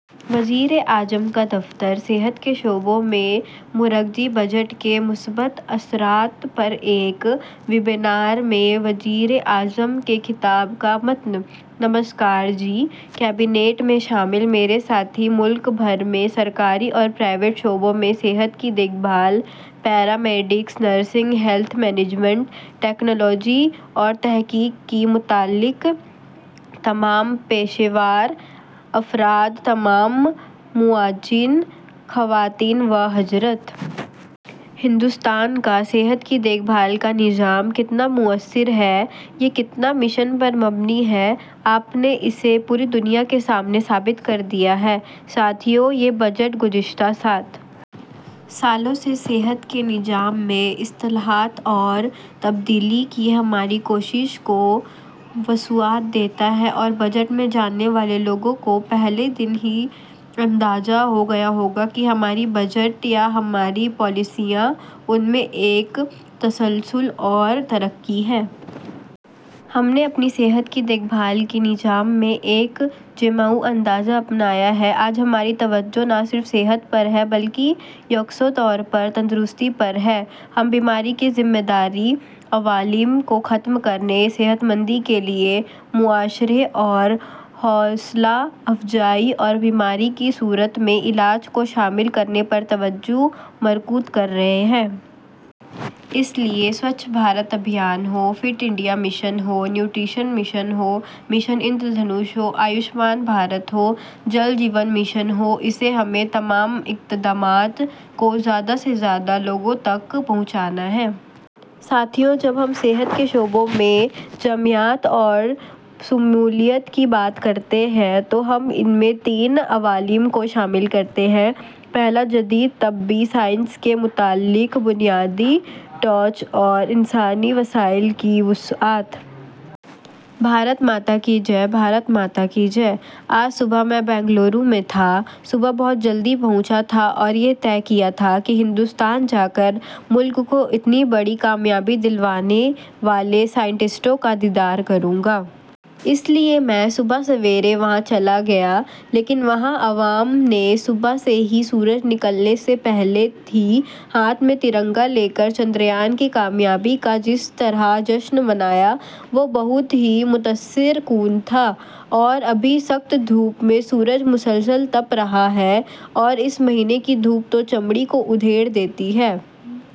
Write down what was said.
وزیراعظم کا دفتر صحت کے شعبے میں مرکزی بجٹ کے مثبت اثرات پر ایک ویبینار میں وزیر اعظم کے خطاب کا متن نمسکار جی! کابینہ میں شامل میرے ساتھی، ملک بھر کے سرکاری اور نجی شعبے میں صحت کی دیکھ بھال، paramedics, nursing, health management, technology اور تحقیق سے متعلق تمام پیشہ ور افراد، تمام معززین، خواتین و حضرات! ہندوستان کا صحت کی دیکھ بھال کا نظام کتنا مؤثر ہے، یہ کتنا مشن پر مبنی ہے، آپ نے اسے پوری دنیا کے سامنے ثابت کر دیا ہے۔ ساتھیوں، یہ بجٹ گزشتہ سات سالوں سے صحت کے نظام میں اصلاحات اور تبدیلی کی ہماری کوششوں کو وسعت دیتا ہے اور بجٹ کے جاننے والے لوگوں کو پہلے دن سے ہی اندازہ ہو گیا ہوگا کہ ہمارا بجٹ ہو یا ہماری پالیسیاں، ان میں ایک تسلسل ہے اور ترقی ہے۔ ہم نے اپنے صحت کی دیکھ بھال کے نظام میں ایک جامع انداز اپنایا ہے۔ آج ہماری توجہ نہ صرف صحت پر ہے بلکہ یکساں طور پر تندرستی پر ہے۔ ہم بیماری کے ذمہ دار عوامل کو ختم کرنے، صحت مندی کے لیے معاشرے کی حوصلہ افزائی اور بیماری کی صورت میں علاج کو شامل کرنے پر توجہ مرکوز کر رہے ہیں۔ اس لیے سوچھ بھارت ابھیان ہو، فٹ انڈیا مشن ہو، نیوٹریشن مشن ہو، مشن اندرا دھنش ہو، آیوشمان بھارت ہو، جل جیون مشن ہو، ہمیں ایسے تمام اقدامات کو زیادہ سے زیادہ لوگوں تک پہنچانا ہے۔ ساتھیوں، جب ہم صحت کے شعبے میں جامعیت اور شمولیت کی بات کرتے ہیں تو ہم اس میں تین عوامل کو شامل کرتے ہیں۔ پہلا، جدید طبی سائنس سے متعلق بنیادی ڈھانچے اور انسانی وسائل کی توسیع۔ بھارت ماتا کی جے! بھارت ماتا کی جے! آج صبح میں بنگلورو میں تھا، صبح بہت جلدی پہنچا تھا اور یہ طے کیا تھا کہ ہندوستان جاکر ملک کو اتنی بڑی کامیابی دلانے والے سائنسدانوں کا دیدار کروں گا۔ اس لیے میں صبح سویرے وہاں چلا گیا، لیکن وہاں عوام نے صبح سے ہی، سورج نکلنے سے پہلے ہی ہاتھ میں ترنگا لے کر چندریان کی کامیابی کا جس طرح جشن منایا، وہ بہت ہی متاثر کن تھا اور ابھی سخت دھوپ میں سورج مسلسل تپ رہا ہے اور اس مہینے کی دھوپ تو چمڑی کو ادھیڑ دیتی ہے۔